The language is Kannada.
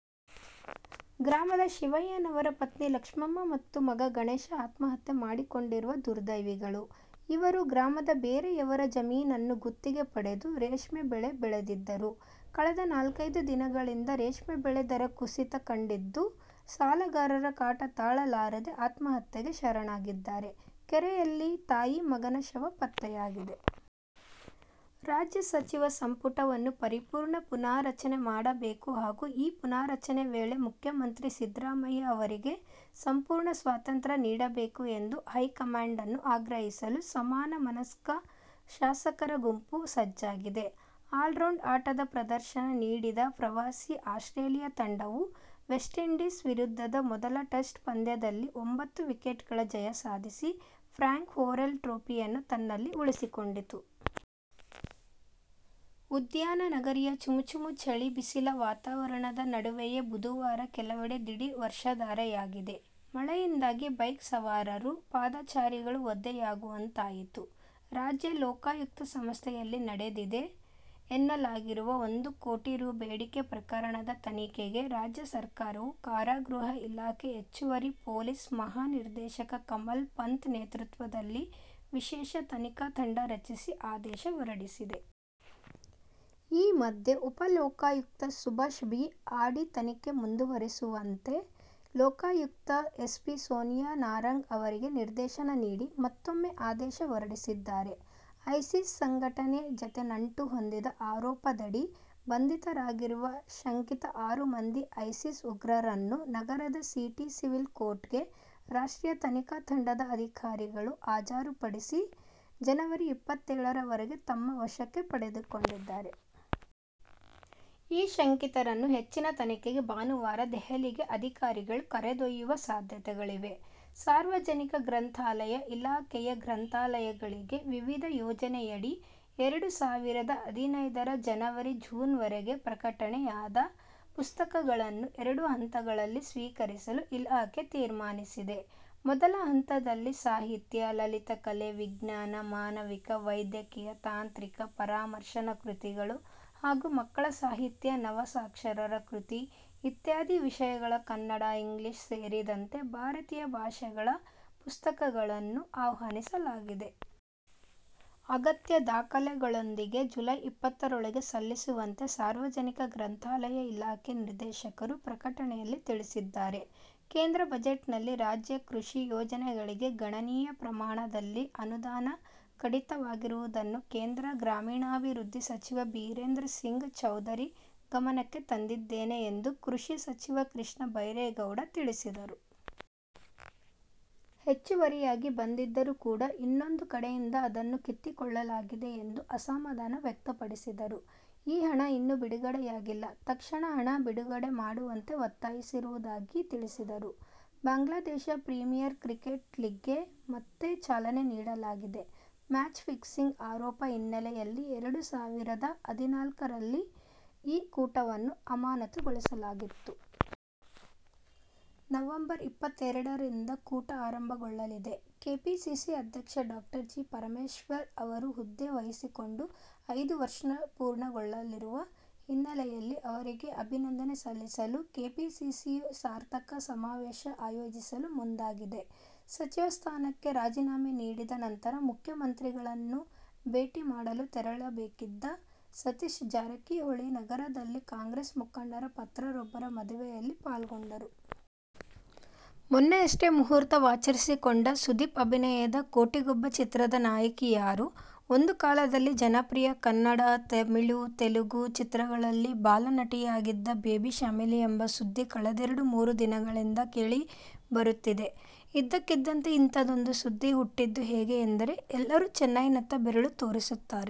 ಗ್ರಾಮದ ಶಿವಯ್ಯನವರ ಪತ್ನಿ ಲಕ್ಷ್ಮಮ್ಮ ಮತ್ತು ಮಗ ಗಣೇಶ ಆತ್ಮಹತ್ಯೆ ಮಾಡಿಕೊಂಡಿರುವ ದುರ್ದೈವಿಗಳು. ಇವರು ಗ್ರಾಮದ ಬೇರೆಯವರ ಜಮೀನನ್ನು ಗುತ್ತಿಗೆ ಪಡೆದು ರೇಷ್ಮೆ ಬೆಳೆ ಬೆಳೆದಿದ್ದರು. ಕಳೆದ ನಾಲ್ಕೈದು ದಿನಗಳಿಂದ ರೇಷ್ಮೆ ಬೆಳೆ ದರ ಕುಸಿತ ಕಂಡಿದ್ದು, ಸಾಲಗಾರರ ಕಾಟ ತಾಳಲಾರದೆ ಆತ್ಮಹತ್ಯೆಗೆ ಶರಣಾಗಿದ್ದಾರೆ. ಕೆರೆಯಲ್ಲಿ ತಾಯಿ, ಮಗನ ಶವ ಪತ್ತೆಯಾಗಿದೆ. ರಾಜ್ಯ ಸಚಿವ ಸಂಪು ಟವನ್ನು ಪರಿಪೂರ್ಣ ಪುನಾರಚನೆ ಮಾಡಬೇಕು ಹಾಗೂ ಈ ಪುನಾರಚನೆ ವೇಳೆ ಮುಖ್ಯ ಮಂತ್ರಿ ಸಿದ್ದರಾಮಯ್ಯ ಅವರಿಗೆ ಸಂಪೂರ್ಣ ಸ್ವಾತಂತ್ರ್ಯ ನೀಡಬೇಕು ಎಂದು ಹೈಕಮಾಂಡನ್ನು ಆಗ್ರಹಿಸಲು ಸಮಾನ ಮನಸ್ಕ ಶಾಸಕರ ಗುಂಪು ಸಜ್ಜಾಗಿದೆ. ಆಲ್ರೌಂಡ್ ಆಟದ ಪ್ರದರ್ಶನ ನೀಡಿದ ಪ್ರವಾಸಿ ಆಸ್ಟ್ರೇಲಿಯ ತಂಡವು ವೆಸ್ಟ್ಇಂಡೀಸ್ ವಿರುದ್ಧದ ಮೊದಲ ಟೆಸ್ಟ್ ಪಂದ್ಯದಲ್ಲಿ ಒಂಬತ್ತು ವಿಕೆಟ್ಗಳ ಜಯ ಸಾಧಿಸಿ ಫ್ರ್ಯಾಂಕ್ ವೊರೆಲ್ ಟ್ರೋಫಿಯನ್ನು ತನ್ನಲ್ಲಿ ಉಳಿಸಿಕೊಂಡಿತು. ಉದ್ಯಾನನಗರಿಯ ಚುಮು, ಚುಮು ಚಳಿ, ಬಿಸಿಲ ವಾತಾವರಣದ ನಡುವೆಯೇ ಬುಧವಾರ ಕೆಲವೆಡೆ ದಿಢೀರ್ ವರ್ಷಧಾರೆಯಾಗಿದೆ. ಮಳೆಯಿಂದಾಗಿ ಬೈಕ್ ಸವಾರರು, ಪಾದಚಾರಿಗಳು ಒದ್ದೆಯಾಗುವಂತಾಯಿತು. ರಾಜ್ಯ ಲೋಕಾಯುಕ್ತ ಸಂಸ್ಥೆಯಲ್ಲಿ ನಡೆದಿದೆ ಎನ್ನಲಾಗಿ ರುವ ಒಂದು ಕೋಟಿ ರೂ. ಬೇಡಿಕೆ ಪ್ರಕರಣದ ತನಿಖೆಗೆ ರಾಜ್ಯ ಸರಕಾರವು ಕಾರಾಗೃಹ ಇಲಾಖೆ ಹೆಚ್ಚುವರಿ ಪೊಲೀಸ್ ಮಹಾ ನಿರ್ದೇಶಕ ಕಮಲ್ ಪಂತ್ ನೇತೃತ್ವದಲ್ಲಿ ವಿಶೇಷ ತನಿಖಾ ತಂಡ ರಚಿಸಿ ಆದೇಶ ಹೊರಡಿಸಿದೆ. ಈ ಮಧ್ಯೆ, ಉಪಲೋಕಾಯುಕ್ತ ಸುಭಾಷ್ ಬಿ. ಅಡಿ ತನಿಖೆ ಮುಂದುವರಿಸುವಂತೆ ಲೋಕಾಯುಕ್ತ ಎಸ್ಪಿ ಸೋನಿಯಾ ನಾರಂಗ್ ಅವರಿಗೆ ನಿರ್ದೇಶನ ನೀಡಿ ಮತ್ತೂಮ್ಮೆ ಆದೇಶ ಹೊರಡಿಸಿದ್ದಾರೆ. ಐಸಿಸ್ ಸಂಘಟನೆ ಜತೆ ನಂಟು ಹೊಂದಿದ ಆರೋಪದಡಿ ಬಂಧಿತರಾಗಿರುವ ಶಂಕಿತ ಆರು ಮಂದಿ ಐಸಿಸ್ ಉಗ್ರರನ್ನು ನಗರದ ಸಿಟಿ ಸಿವಿಲ್ ಕೋರ್ಟ್ಗೆ ರಾಷ್ಟ್ರೀಯ ತನಿಖಾ ತಂಡದ ಅಧಿಕಾರಿಗಳು ಹಾಜರುಪಡಿಸಿ, ಜನವರಿ ಇಪ್ಪತ್ತೇಳರವರೆಗೆ ತಮ್ಮ ವಶಕ್ಕೆ ಪಡೆದುಕೊಂಡಿದ್ದಾರೆ. ಈ ಶಂಕಿತರನ್ನು ಹೆಚ್ಚಿನ ತನಿಖೆಗೆ ಭಾನುವಾರ ದೆಹಲಿಗೆ ಅಧಿಕಾರಿಗಳು ಕರೆದೊಯ್ಯುವ ಸಾಧ್ಯತೆಗಳಿವೆ. ಸಾರ್ವಜನಿಕ ಗ್ರಂಥಾಲಯ ಇಲಾಖೆಯ ಗ್ರಂಥಾಲಯಗಳಿಗೆ ವಿವಿಧ ಯೋಜನೆಯಡಿ ಎರಡು ಸಾವಿರದ ಹದಿನೈದರ ಜನವರಿ-ಜೂನ್ವರೆಗೆ ಪ್ರಕಟಣೆಯಾದ ಪುಸ್ತಕಗಳನ್ನು ಎರಡು ಹಂತಗಳಲ್ಲಿ ಸ್ವೀಕರಿಸಲು ಇಲಾಖೆ ತೀರ್ಮಾನಿಸಿದೆ. ಮೊದಲ ಹಂತದಲ್ಲಿ ಸಾಹಿತ್ಯ, ಲಲಿತಕಲೆ, ವಿಜ್ಞಾನ, ಮಾನವಿಕ, ವೈದ್ಯಕೀಯ, ತಾಂತ್ರಿಕ, ಪರಾಮರ್ಶನ ಕೃತಿಗಳು ಹಾಗೂ ಮಕ್ಕಳ ಸಾಹಿತ್ಯ, ನವಸಾಕ್ಷರರ ಕೃತಿ ಇತ್ಯಾದಿ ವಿಷಯಗಳ ಕನ್ನಡ, ಇಂಗ್ಲಿಷ್ ಸೇರಿದಂತೆ ಭಾರತೀಯ ಭಾಷೆಗಳ ಪುಸ್ತಕಗಳನ್ನು ಆಹ್ವಾನಿಸಲಾಗಿದೆ. ಅಗತ್ಯ ದಾಖಲೆಗಳೊಂದಿಗೆ ಜುಲೈ ಇಪ್ಪತ್ತರೊಳಗೆ ಸಲ್ಲಿಸುವಂತೆ ಸಾರ್ವಜನಿಕ ಗ್ರಂಥಾಲಯ ಇಲಾಖೆ ನಿರ್ದೇಶಕರು ಪ್ರಕಟಣೆಯಲ್ಲಿ ತಿಳಿಸಿದ್ದಾರೆ. ಕೇಂದ್ರ ಬಜೆಟ್ನಲ್ಲಿ ರಾಜ್ಯ ಕೃಷಿ ಯೋಜನೆಗಳಿಗೆ ಗಣನೀಯ ಪ್ರಮಾಣದಲ್ಲಿ ಅನುದಾನ ಕಡಿತವಾಗಿರುವುದನ್ನು ಕೇಂದ್ರ ಗ್ರಾಮೀಣಾಭಿವೃದ್ಧಿ ಸಚಿವ ಬಿರೇಂದ್ರ ಸಿಂಗ್ ಚೌಧರಿ ಗಮನಕ್ಕೆ ತಂದಿದ್ದೇನೆ ಎಂದು ಕೃಷಿ ಸಚಿವ ಕೃಷ್ಣ ಬೈರೇಗೌಡ ತಿಳಿಸಿದರು. ಹೆಚ್ಚುವರಿಯಾಗಿ ಬಂದಿದ್ದರೂ ಕೂಡ ಇನ್ನೊಂದು ಕಡೆಯಿಂದ ಅದನ್ನು ಕಿತ್ತುಕೊಳ್ಳಲಾಗಿದೆ ಎಂದು ಅಸಮಾಧಾನ ವ್ಯಕ್ತಪಡಿಸಿದರು. ಈ ಹಣ ಇನ್ನೂ ಬಿಡುಗಡೆಯಾಗಿಲ್ಲ. ತಕ್ಷಣ ಹಣ ಬಿಡುಗಡೆ ಮಾಡುವಂತೆ ಒತ್ತಾಯಿಸಿರುವುದಾಗಿ ತಿಳಿಸಿದರು. ಬಾಂಗ್ಲಾದೇಶ ಪ್ರೀಮಿಯರ್ ಕ್ರಿಕೆಟ್ ಲೀಗ್ಗೆ ಮತ್ತೆ ಚಾಲನೆ ನೀಡಲಾಗಿದೆ. ಮ್ಯಾಚ್ ಫಿಕ್ಸಿಂಗ್ ಆರೋಪ ಹಿನ್ನೆಲೆಯಲ್ಲಿ ಎರಡು ಸಾವಿರದ ಹದಿನಾಲ್ಕರಲ್ಲಿ ಈ ಕೂಟವನ್ನು ಅಮಾನತುಗೊಳಿಸಲಾಗಿತ್ತು. ನವೆಂಬರ್ ಇಪ್ಪತ್ತೆರಡರಿಂದ ಕೂಟ ಆರಂಭಗೊಳ್ಳಲಿದೆ. ಕೆಪಿಸಿಸಿ ಅಧ್ಯಕ್ಷ ಡಾ ಜಿ. ಪರಮೇಶ್ವರ್ ಅವರು ಹುದ್ದೆ ವಹಿಸಿಕೊಂಡು ಐದು ವರ್ಷ ಪೂರ್ಣಗೊಳ್ಳಲಿರುವ ಹಿನ್ನೆಲೆಯಲ್ಲಿ ಅವರಿಗೆ ಅಭಿನಂದನೆ ಸಲ್ಲಿಸಲು ಕೆಪಿಸಿಸಿಯು ಸಾರ್ಥಕ ಸಮಾವೇಶ ಆಯೋಜಿಸಲು ಮುಂದಾಗಿದೆ. ಸಚಿವ ಸ್ಥಾನಕ್ಕೆ ರಾಜೀನಾಮೆ ನೀಡಿದ ನಂತರ ಮುಖ್ಯಮಂತ್ರಿಗಳನ್ನು ಭೇಟಿ ಮಾಡಲು ತೆರಳಬೇಕಿದ್ದ ಸತೀಶ ಜಾರಕಿಹೊಳಿ ನಗರದಲ್ಲಿ ಕಾಂಗ್ರೆಸ್ ಮುಖಂಡರ ಪತ್ರರೊಬ್ಬರ ಮದುವೆಯಲ್ಲಿ ಪಾಲ್ಗೊಂಡರು. ಮೊನ್ನೆಯಷ್ಟೇ ಮುಹೂರ್ತ ವಾಚರಿಸಿಕೊಂಡ ಸುದೀಪ್ ಅಭಿನಯದ "ಕೋಟಿಗೊಬ್ಬ' ಚಿತ್ರದ ನಾಯಕಿ ಯಾರು? ಒಂದು ಕಾಲದಲ್ಲಿ ಜನಪ್ರಿಯ ಕನ್ನಡ, ತಮಿಳು, ತೆಲುಗು ಚಿತ್ರಗಳಲ್ಲಿ ಬಾಲನಟಿಯಾಗಿದ್ದ ಬೇಬಿ ಶ್ಯಾಮಿಲಿ ಎಂಬ ಸುದ್ದಿ ಕಳೆದೆರೆಡು ಮೂರು ದಿನಗಳಿಂದ ಕೇಳಿ ಬರುತ್ತಿದೆ. ಇದಕ್ಕಿದ್ದಂತೆ ಇಂಥದ್ದೊಂದು ಸುದ್ದಿ ಹುಟ್ಟಿದ್ದು ಹೇಗೆ ಎಂದರೆ ಎಲ್ಲರೂ ಚೆನ್ನೈನತ್ತ ಬೆರಳು ತೋರಿಸುತ್ತಾರೆ.